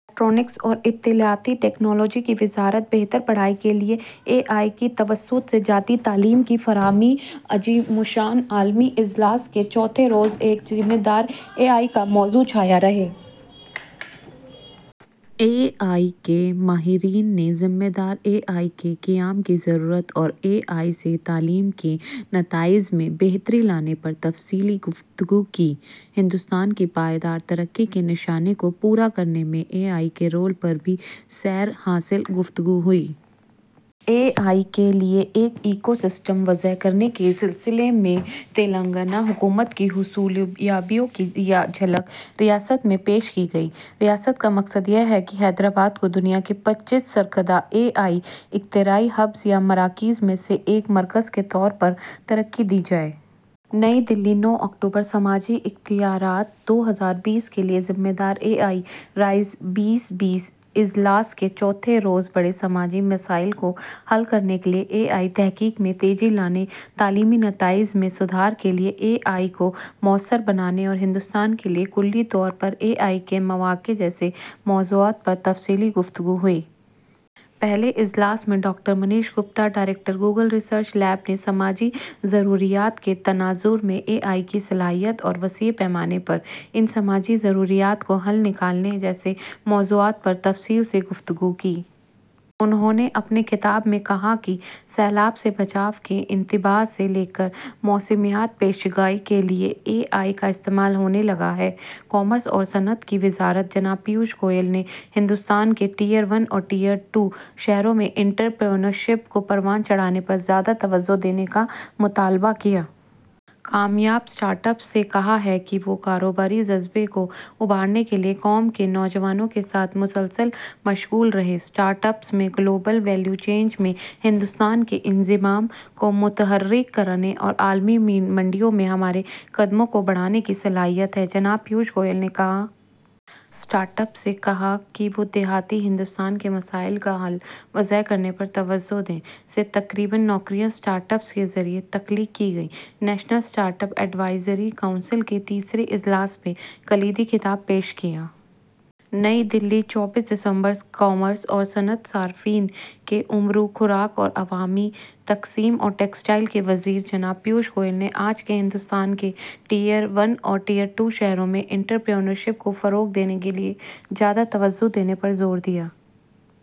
Electronics اور اطلاعات technology کی وزارت بہتر پڑھائی کے لیے اے آئی کے توسط سے ذاتی تعلیم کی فراہمی، عظیم الشان عالمی اجلاس کے چوتھے روز ایک ذمہ دار اے آئی کا موضوع چھایا رہا۔ اے آئی کے ماہرین نے ذمہ دار اے آئی کے قیام کی ضرورت اور اے آئی سے تعلیم کے نتائج میں بہتری لانے پر تفصیلی گفتگو کی۔ ہندوستان کی پائیدار ترقی کے نشانے کو پورا کرنے میں اے آئی کے رول پر بھی سیر حاصل گفتگو ہوئی۔ اے آئی کے لیے ایک ایکو سسٹم وضع کرنے کے سلسلے میں تلنگانہ حکومت کی حصولیابیوں کی جھلک ریاست میں پیش کی گئی۔ ریاست کا مقصد یہ ہے کہ حیدرآباد کو دنیا کے پچیس سرکردہ اے آئی اختراعی ہبس یا مراکز میں سے ایک مرکز کے طور پر ترقی دی جائے۔ نئی دہلی، نو اکتوبر: سماجی اختیارات دو ہزار بیس کے لیے ذمہ دار اے آئی رائز دو ہزار بیس اجلاس کے چوتھے روز بڑے سماجی مسائل کو حل کرنے کے لیے اے آئی تحقیق میں تیزی لانے، تعلیمی نتائج میں سدھار کے لیے اے آئی کو مؤثر بنانے اور ہندوستان کے لیے کلی طور پر اے آئی کے مواقع جیسے موضوعات پر تفصیلی گفتگو ہوئی۔ پہلے اجلاس میں doctor Manish Gupta, director Google research lab نے سماجی ضروریات کے تناظر میں اے آئی کی صلاحیت اور وسیع پیمانے پر ان سماجی ضروریات کا حل نکالنے جیسے موضوعات پر تفصیل سے گفتگو کی۔ انھوں نے اپنے خطاب میں کہا کہ سیلاب سے بچاؤ کے انتباہ سے لے کر موسمیاتی پیش گوئی کے لیے اے آئی کا استعمال ہونے لگا ہے۔ کامرس اور صنعت کی وزارت جناب پیوش گوئل نے ہندوستان کے ٹائر ون اور ٹائر ٹو شہروں میں انٹرپرینیورشپ کو پروان چڑھانے پر زیادہ توجہ دینے کا مطالبہ کیا۔ کامیاب اسٹارٹ اپس سے کہا ہے کہ وہ کاروباری جذبے کو ابھارنے کے لیے قوم کے نوجوانوں کے ساتھ مسلسل مشغول رہیں۔ اسٹارٹ اپس میں گلوبل ویلیو چینز میں ہندوستان کے انضمام کو متحرک کرنے اور عالمی منڈیوں میں ہمارے قدموں کو بڑھانے کی صلاحیت ہے، جناب پیوش گوئل نے کہا۔ اسٹارٹ اپس سے کہا کہ وہ دیہی ہندوستان کے مسائل کا حل وضع کرنے پر توجہ دیں۔ سے تقریباً نوکریاں اسٹارٹ اپس کے ذریعہ تخلیق کی گئیں۔ National startup advisory council کے تیسرے اجلاس میں کلیدی خطاب پیش کیا۔ نئی دہلی، چوبیس دسمبر: کامرس اور صنعت، امور صارفین، خوراک اور عوامی تقسیم اور ٹیکسٹائل کے وزیر جناب پیوش گوئل نے آج ہندوستان کے ٹائر ون اور ٹائر ٹو شہروں میں انٹرپرینیورشپ کو فروغ دینے کے لیے زیادہ توجہ دینے پر زور دیا۔